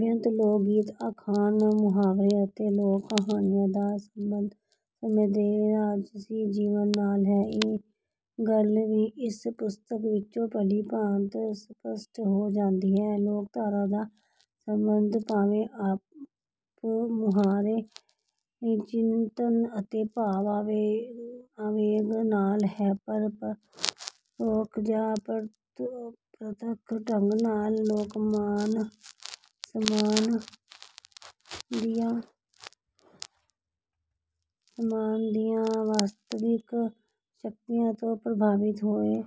ਬੇਅੰਤ ਲੋਕਗੀਤ, ਅਖਾਣ, ਮੁਹਾਵਰੇ ਅਤੇ ਲੋਕ-ਕਹਾਣੀਆਂ ਦਾ ਸਬੰਧ ਸਮੇਂ ਦੇ ਰਾਜਸੀ ਜੀਵਨ ਨਾਲ ਹੈ। ਇਹ ਗੱਲ ਵੀ ਇਸ ਪੁਸਤਕ ਵਿੱਚੋਂ ਭਲੀ-ਭਾਂਤ ਸਪਸ਼ਟ ਹੋ ਜਾਂਦੀ ਹੈ। ਲੋਕਧਾਰਾ ਦਾ ਸਬੰਧ ਭਾਵੇਂ ਆਪਮੁਹਾਰੇ ਚਿੰਤਨ ਅਤੇ ਭਾਵ-ਆਵੇਗ ਨਾਲ ਹੈ, ਪਰ ਪਰੋਖ ਜਾਂ ਪ੍ਰਤੱਖ ਢੰਗ ਨਾਲ ਲੋਕ-ਮਨ ਸਮਾਜ ਦੀਆਂ ਵਾਸਤਵਿਕ ਸ਼ਕਤੀਆਂ ਤੋਂ ਪ੍ਰਭਾਵਿਤ ਹੋਏ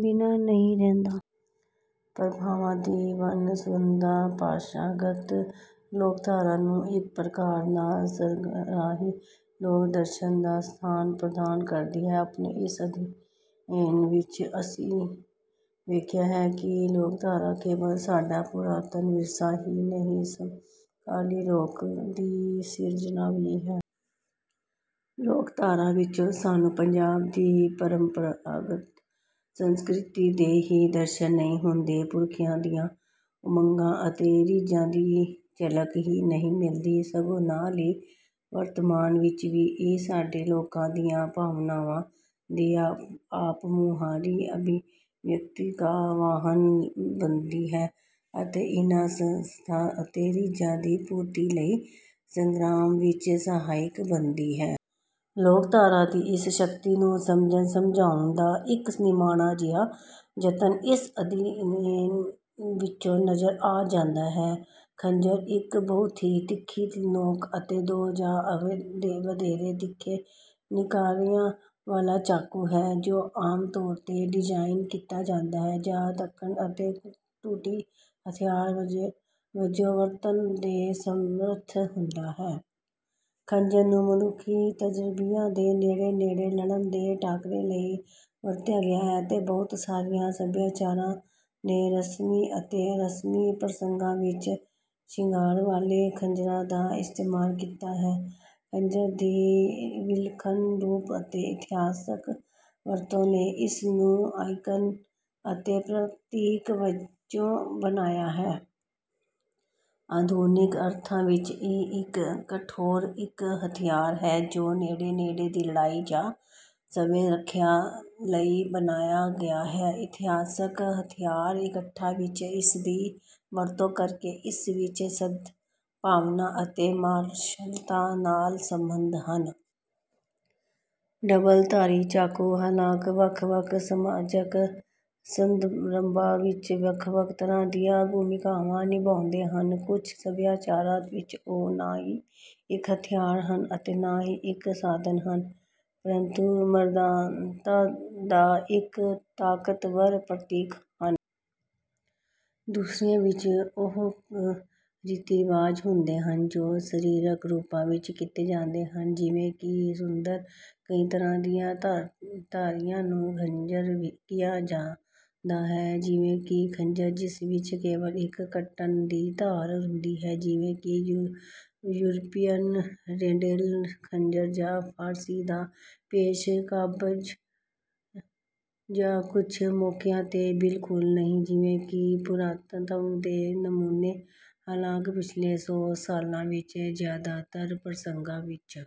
ਬਿਨਾਂ ਨਹੀਂ ਰਹਿੰਦਾ। ਪ੍ਰਭਾਵਾਂ ਦੀ ਵੰਨ-ਸੁਵੰਨਤਾ ਭਾਸ਼ਾਗਤ ਲੋਕਧਾਰਾ ਨੂੰ ਇੱਕ ਪ੍ਰਕਾਰ ਨਾਲ ਸਰਗਰਾਹੀ ਲੋਕ-ਦਰਸ਼ਨ ਦਾ ਸਥਾਨ ਪ੍ਰਦਾਨ ਕਰਦੀ ਹੈ। ਆਪਣੇ ਇਸ ਅਧਿਐਨ ਵਿੱਚ ਅਸੀਂ ਵੇਖਿਆ ਹੈ ਕਿ ਲੋਕਧਾਰਾ ਕੇਵਲ ਸਾਡਾ ਪੁਰਾਤਨ ਵਿਰਸਾ ਹੀ ਨਹੀਂ, ਸਮਕਾਲੀ 'ਲੋਕ' ਦੀ ਸਿਰਜਣਾ ਵੀ ਹੈ। ਲੋਕਧਾਰਾ ਵਿੱਚੋਂ ਸਾਨੂੰ ਪੰਜਾਬ ਦੀ ਪਰੰਪਰਾਗਤ ਸੰਸਕ੍ਰਿਤੀ ਦੇ ਹੀ ਦਰਸ਼ਨ ਨਹੀਂ ਹੁੰਦੇ, ਪੁਰਖਿਆਂ ਦੀਆਂ ਉਮੰਗਾਂ ਅਤੇ ਰੀਝਾਂ ਦੀ ਝਲਕ ਹੀ ਨਹੀਂ ਮਿਲਦੀ, ਸਗੋਂ ਨਾਲ ਹੀ ਵਰਤਮਾਨ ਵਿੱਚ ਵੀ ਇਹ ਸਾਡੇ ਲੋਕਾਂ ਦੀਆਂ ਭਾਵਨਾਵਾਂ ਦੀ ਆਪਮੁਹਾਰੀ ਅਭਿਵਿਅਕਤੀ ਦਾ ਵਾਹਨ ਬਣਦੀ ਹੈ ਅਤੇ ਇਹਨਾਂ ਸੱਧਰਾਂ ਅਤੇ ਰੀਝਾਂ ਦੀ ਪੂਰਤੀ ਲਈ ਸੰਗਰਾਮ ਵਿੱਚ ਸਹਾਇਕ ਬਣਦੀ ਹੈ। ਲੋਕਧਾਰਾ ਦੀ ਇਸ ਸ਼ਕਤੀ ਨੂੰ ਸਮਝਣ-ਸਮਝਾਉਣ ਦਾ ਇੱਕ ਨਿਮਾਣਾ ਜਿਹਾ ਜਤਨ ਇਸ ਅਧਿਐਨ ਵਿੱਚੋਂ ਨਜ਼ਰ ਆ ਜਾਂਦਾ ਹੈ। ਖੰਜਰ ਇੱਕ ਬਹੁਤ ਹੀ ਤਿੱਖੀ ਨੋਕ ਅਤੇ ਦੋ ਜਾਂ ਵਧੇਰੇ ਤਿੱਖੇ ਕਿਨਾਰਿਆਂ ਵਾਲਾ ਚਾਕੂ ਹੈ, ਜੋ ਆਮ ਤੌਰ 'ਤੇ ਡਿਜ਼ਾਈਨ ਕੀਤਾ ਜਾਂਦਾ ਹੈ ਜਾਂ ਧੱਕਣ ਅਤੇ ਤੂੜੀ ਹਥਿਆਰ ਵਜੋਂ ਵਰਤਣ ਦੇ ਸਮਰੱਥ ਹੁੰਦਾ ਹੈ। ਖੰਜਰ ਨੂੰ ਮਨੁੱਖੀ ਤਜ਼ਰਬਿਆਂ ਦੇ ਨੇੜੇ-ਨੇੜੇ ਲੜਨ ਦੇ ਟਾਕਰੇ ਲਈ ਵਰਤਿਆ ਗਿਆ ਹੈ, ਅਤੇ ਬਹੁਤ ਸਾਰੀਆਂ ਸਭਿਆਚਾਰਾਂ ਨੇ ਰਸਮੀ ਅਤੇ ਰਸਮੀ ਪ੍ਰਸੰਗਾਂ ਵਿੱਚ ਸ਼ਿੰਗਾਰ ਵਾਲੇ ਖੰਜਰਾਂ ਦਾ ਇਸਤੇਮਾਲ ਕੀਤਾ ਹੈ। ਖੰਜਰ ਦੀ ਵਿਲੱਖਣ ਰੂਪ ਅਤੇ ਇਤਿਹਾਸਕ ਵਰਤੋਂ ਨੇ ਇਸ ਨੂੰ ਆਈਕਨ ਅਤੇ ਪ੍ਰਤੀਕ ਵਜੋਂ ਬਣਾਇਆ ਹੈ। ਆਧੁਨਿਕ ਅਰਥਾਂ ਵਿੱਚ ਇਹ ਇੱਕ ਕਠੋਰ ਇੱਕ-ਹਥਿਆਰ ਹੈ ਜੋ ਨੇੜੇ-ਨੇੜੇ ਦੀ ਲੜਾਈ ਜਾਂ ਸਵੈ-ਰੱਖਿਆ ਲਈ ਬਣਾਇਆ ਗਿਆ ਹੈ। ਇਤਿਹਾਸਕ ਹਥਿਆਰ ਇਕੱਠਾਂ ਵਿੱਚ ਇਸਦੀ ਵਰਤੋਂ ਕਰਕੇ, ਇਸ ਵਿੱਚ ਸਦਭਾਵਨਾ ਅਤੇ ਮਾਰਸ਼ਲਤਾ ਨਾਲ ਸੰਬੰਧ ਹਨ। ਡਬਲ-ਧਾਰੀ ਚਾਕੂ, ਹਾਲਾਂਕਿ, ਵੱਖ-ਵੱਖ ਸਮਾਜਕ ਸੰਦਰਭਾਂ ਵਿੱਚ ਵੱਖ-ਵੱਖ ਤਰ੍ਹਾਂ ਦੀਆਂ ਭੂਮਿਕਾਵਾਂ ਨਿਭਾਉਂਦੇ ਹਨ। ਕੁਝ ਸੱਭਿਆਚਾਰਾਂ ਵਿੱਚ, ਉਹ ਨਾ ਹੀ ਇੱਕ ਹਥਿਆਰ ਹਨ ਅਤੇ ਨਾ ਹੀ ਇੱਕ ਸਾਧਨ ਹਨ, ਪਰੰਤੂ ਮਰਦਾਨਤਾ ਦਾ ਇੱਕ ਤਾਕਤਵਰ ਪ੍ਰਤੀਕ ਹਨ। ਦੂਸਰਿਆਂ ਵਿੱਚ ਉਹ ਰੀਤੀ-ਰਿਵਾਜ ਹੁੰਦੇ ਹਨ ਜੋ ਸਰੀਰਕ ਰੂਪਾਂ ਵਿੱਚ ਕੀਤੇ ਜਾਂਦੇ ਹਨ ਜਿਵੇਂ ਕਿ ਸੁੰਨਤ। ਕਈ ਤਰ੍ਹਾਂ ਦੀਆਂ ਧਾਰੀਆਂ ਨੂੰ ਖੰਜਰ ਕਿਹਾ ਜਾਂਦਾ ਹੈ, ਜਿਵੇਂ ਕਿ ਖੰਜਰ ਜਿਸ ਵਿੱਚ ਕੇਵਲ ਇੱਕ ਕੱਟਣ ਦੀ ਧਾਰ ਹੁੰਦੀ ਹੈ, ਜਿਵੇਂ ਕਿ ਯੂਰਪੀਅਨ ਰੋਂਡੈਲ ਖੰਜਰ ਜਾਂ ਫ਼ਾਰਸੀ ਦਾ ਪੇਸ਼-ਕਾਬਜ਼, ਜਾਂ ਕੁਝ ਮੌਕਿਆਂ 'ਤੇ, ਬਿਲਕੁਲ ਨਹੀਂ, ਜਿਵੇਂ ਕਿ ਪੁਰਾਤੱਤਵ ਦੇ ਨਮੂਨੇ। ਹਾਲਾਂਕਿ, ਪਿਛਲੇ ਸੌ ਸਾਲਾਂ ਵਿੱਚ ਜ਼ਿਆਦਾਤਰ ਪ੍ਰਸੰਗਾਂ ਵਿੱਚ,